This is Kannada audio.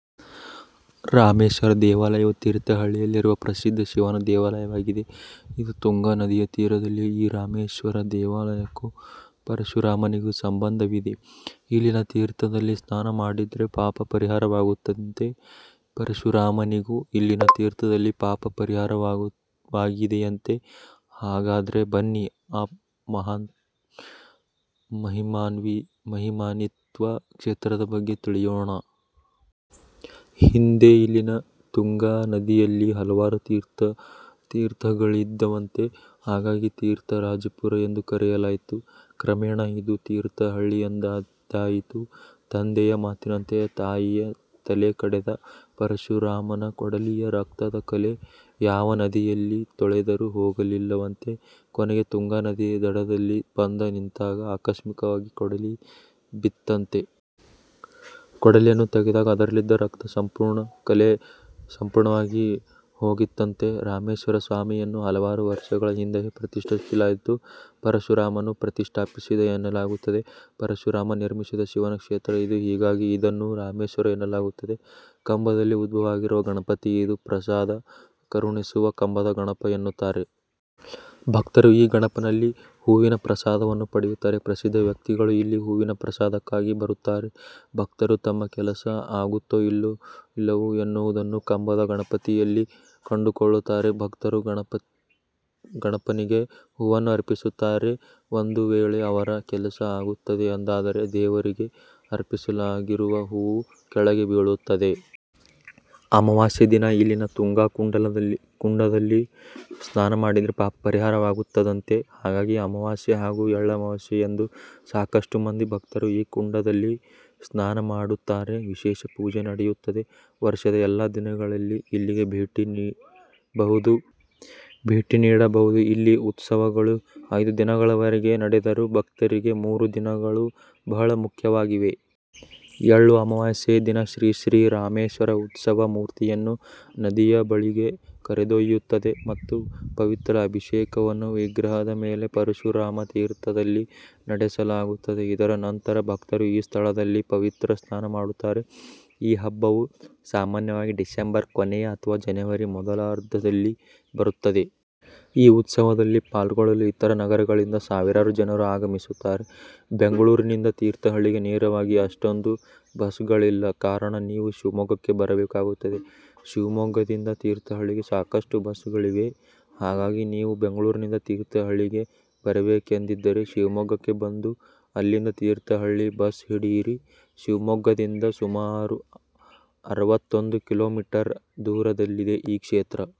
ರಾಮೇಶ್ವರ ದೇವಾಲಯವು ತೀರ್ಥಹಳ್ಳಿಯಲ್ಲಿರುವ ಪ್ರಸಿದ್ಧ ಶಿವನ ದೇವಾಲಯವಾಗಿದೆ. ಇದು ತುಂಗಾ ನದಿಯ ತೀರದಲ್ಲಿದೆ. ಈ ರಾಮೇಶ್ವರ ದೇವಾಲಯಕ್ಕೂ ಪರಶುರಾಮನಿಗೂ ಸಂಬಂಧವಿದೆ. ಇಲ್ಲಿನ ತೀರ್ಥದಲ್ಲಿ ಸ್ನಾನ ಮಾಡಿದ್ರೆ ಪಾಪ ಪರಿಹಾರವಾಗುತ್ತಂತೆ. ಪರಶುರಾಮನಿಗೂ ಇಲ್ಲಿನ ತೀರ್ಥದಲ್ಲಿ ಪಾಪ ಪರಿಹಾರವಾಗಿದೆಯಂತೆ. ಹಾಗಾದ್ರೆ ಬನ್ನಿ ಆ ಮಹಿಮಾನಿತ್ವ ಕ್ಷೇತ್ರದ ಬಗ್ಗೆ ತಿಳಿಯೋಣ. ಹಿಂದೆ ಇಲ್ಲಿನ ತುಂಗಾ ನದಿಯಲ್ಲಿ ಹಲವಾರು ತೀರ್ಥಗಳಿದ್ದವಂತೆ ಹಾಗಾಗಿ ತೀರ್ಥ ರಾಜಪುರ ಎಂದು ಕರೆಯಲಾಯಿತು. ಕ್ರಮೇಣ ಇದು ತೀರ್ಥ ಹಳ್ಳಿಯೆಂದಾಯಿತು. ತಂದೆಯ ಮಾತಿನಂತೆ ತಾಯಿಯ ತಲೆ ಕಡೆದ ಪರಶುರಾಮನ ಕೊಡಲಿಯ ರಕ್ತದ ಕಲೆ ಯಾವ ನದಿಯಲ್ಲಿ ತೊಳೆದರೂ ಹೋಗಿಲ್ಲವಂತೆ ಕೊನೆಗೆ ತುಂಗಾ ನದಿಯ ದಡದಲ್ಲಿ ಬಂದ ನಿಂತಾಗ ಆಕಸ್ಮಿಕವಾಗಿ ಕೊಡಲಿ ಬಿತ್ತಂತೆ. ಕೊಡಲಿಯನ್ನು ತೆಗೆದಾಗ ಅದರಲ್ಲಿದ್ದ ರಕ್ತದ ಕಲೆ ಸಂಪೂರ್ಣವಾಗಿ ಹೋಗಿತ್ತಂತೆ. ರಾಮೇಶ್ವರ ಸ್ವಾಮಿಯನ್ನು ಹಲವಾರು ವರ್ಷಗಳ ಹಿಂದೆ ಪ್ರತಿಷ್ಠಾಪಿಸಲಾಗಿದ್ದು, ಪರಶುರಾಮನು ಪ್ರತಿಷ್ಠಾಪಿಸಿದ ಎನ್ನಲಾಗುತ್ತದೆ. ಪರಶುರಾಮ ನಿರ್ಮಿಸಿದ ಶಿವನ ಕ್ಷೇತ್ರ ಇದು ಹಾಗಾಗಿ ಇದನ್ನು ರಾಮೇಶ್ವರ ಎನ್ನಲಾಗುತ್ತದೆ. ಕಂಬದಲ್ಲಿ ಉದ್ಭವವಾಗಿರುವ ಗಣಪತಿ ಇದು. ಪ್ರಸಾದ ಕರುಣಿಸುವ ಕಂಬದ ಗಣಪ ಎನ್ನುತ್ತಾರೆ. ಭಕ್ತರು ಈ ಗಣಪನಲ್ಲಿ ಹೂವಿನ ಪ್ರಸಾದವನ್ನು ಪಡೆಯುತ್ತಾರೆ. ಪ್ರಸಿದ್ಧ ವ್ಯಕ್ತಿಗಳು ಇಲ್ಲಿ ಹೂವಿನ ಪ್ರಸಾದಕ್ಕಾಗಿ ಬರುತ್ತಾರೆ. ಭಕ್ತರು ತಮ್ಮ ಕೆಲಸ ಆಗುತ್ತೋ ಇಲ್ಲವೂ ಎನ್ನುವುದನ್ನು ಕಂಬದ ಗಣಪನಲ್ಲಿ ಕಂಡುಕೊಳ್ಳುತ್ತಾರೆ. ಭಕ್ತರು ಗಣಪನಿಗೆ ಹೂವನ್ನು ಅರ್ಪಿಸುತ್ತಾರೆ. ಒಂದು ವೇಳೆ ಅವರ ಕೆಲಸ ಆಗುತ್ತದೆ ಎಂದಾದರೆ ದೇವರಿಗೆ ಅರ್ಪಿಸಲಾಗಿರುವ ಹೂವು ಕೆಳಗೆ ಬೀಳುತ್ತದೆ. ಅಮವಾಸ್ಯೆ ದಿನ ಇಲ್ಲಿನ ತುಂಗಾ ಕುಂಡದಲ್ಲಿ ಸ್ನಾನ ಮಾಡಿದ್ರೆ ಪಾಪ ಪರಿಹಾರವಾಗುತ್ತದಂತೆ. ಹಾಗಾಗಿ ಅಮವಾಸ್ಯೆ ಹಾಗೂ ಎಳ್ಳಮವಾಸ್ಯೆಯಂದು ಸಾಕಷ್ಟು ಮಂದಿ ಭಕ್ತರು ಈ ಕುಂಡದಲ್ಲಿ ಸ್ನಾನ ಮಾಡುತ್ತಾರೆ. ವಿಶೇಷ ಪೂಜೆ ನಡೆಯುತ್ತದೆ. ವರ್ಷದ ಎಲ್ಲಾ ದಿನಗಳಲ್ಲಿ ಇಲ್ಲಿಗೆ ಭೇಟಿ ನೀಡಬಹುದು. ಇಲ್ಲಿ ಉತ್ಸವಗಳು ಐದು ದಿನಗಳವರೆಗೆ ನಡೆದರೂ ಭಕ್ತರಿಗೆ ಮೂರು ದಿನಗಳು ಬಹಳ ಮುಖ್ಯವಾಗಿವೆ. ಎಳ್ಳು ಅಮಾವಾಸ್ಯೆಯ ದಿನ, ಶ್ರೀ ಶ್ರೀ ರಾಮೇಶ್ವರನ ಉತ್ಸವ ಮೂರ್ತಿಯನ್ನು ನದಿಯಬಳಿಗೆ ಕರೆದೊಯ್ಯುತ್ತದೆ ಮತ್ತು ಪವಿತ್ರ ಅಭಿಷೇಕವನ್ನು ವಿಗ್ರಹದ ಮೇಲೆ ಪರಶುರಾಮ ತೀರ್ಥದಲ್ಲಿ ನಡೆಸಲಾಗುತ್ತದೆ. ಇದರ ನಂತರ ಭಕ್ತರು ಈ ಸ್ಥಳದಲ್ಲಿ ಪವಿತ್ರ ಸ್ನಾನ ಮಾಡುತ್ತಾರೆ. ಈ ಹಬ್ಬವು ಸಾಮಾನ್ಯವಾಗಿ ಡಿಸೆಂಬರ್ ಕೊನೆಯ ಅಥವಾ ಜನವರಿ ಮೊದಲಾರ್ಧದಲ್ಲಿ ಬರುತ್ತದೆ. ಈ ಉತ್ಸವದಲ್ಲಿ ಪಾಲ್ಗೊಳ್ಳಲು ಇತರ ನಗರಗಳಿಂದ ಸಾವಿರಾರು ಜನರನ್ನು ಆಗಮಿಸುತ್ತಾರೆ. ಬೆಂಗಳೂರಿನಿಂದ ತೀರ್ಥಹಳ್ಳಿಗೆ ನೇರವಾಗಿ ಅಷ್ಟೊಂದು ಬಸ್ಗಳಿಲ್ಲದ ಕಾರಣ ನೀವು ಶಿವಮೊಗ್ಗಕ್ಕೆ ಬರಬೇಕಾಗುತ್ತದೆ. ಶಿವಮೊಗ್ಗದಿಂದ ತೀರ್ಥಹಳ್ಳಿಗೆ ಸಾಕಷ್ಟು ಬಸ್ಗಳಿವೆ. ಹಾಗಾಗಿ ನೀವು ಬೆಂಗಳೂರಿನಿಂದ ತೀರ್ಥಹಳ್ಳಿಗೆ ಬರಬೇಕೆಂದಿದ್ದರೆ ಶಿವಮೊಗ್ಗಕ್ಕೆ ಬಂದು ಅಲ್ಲಿಂದ ತೀರ್ಥಹಳ್ಳಿ ಬಸ್ ಹಿಡಿಯಿರಿ. ಶಿವಮೊಗ್ಗದಿಂದ ಸುಮಾರು ಅರವತ್ತೊಂದು ಕಿಲೊ ಮೀಟರ್ ದೂರದಲ್ಲಿದೆ ಈ ಕ್ಷೇತ್ರ.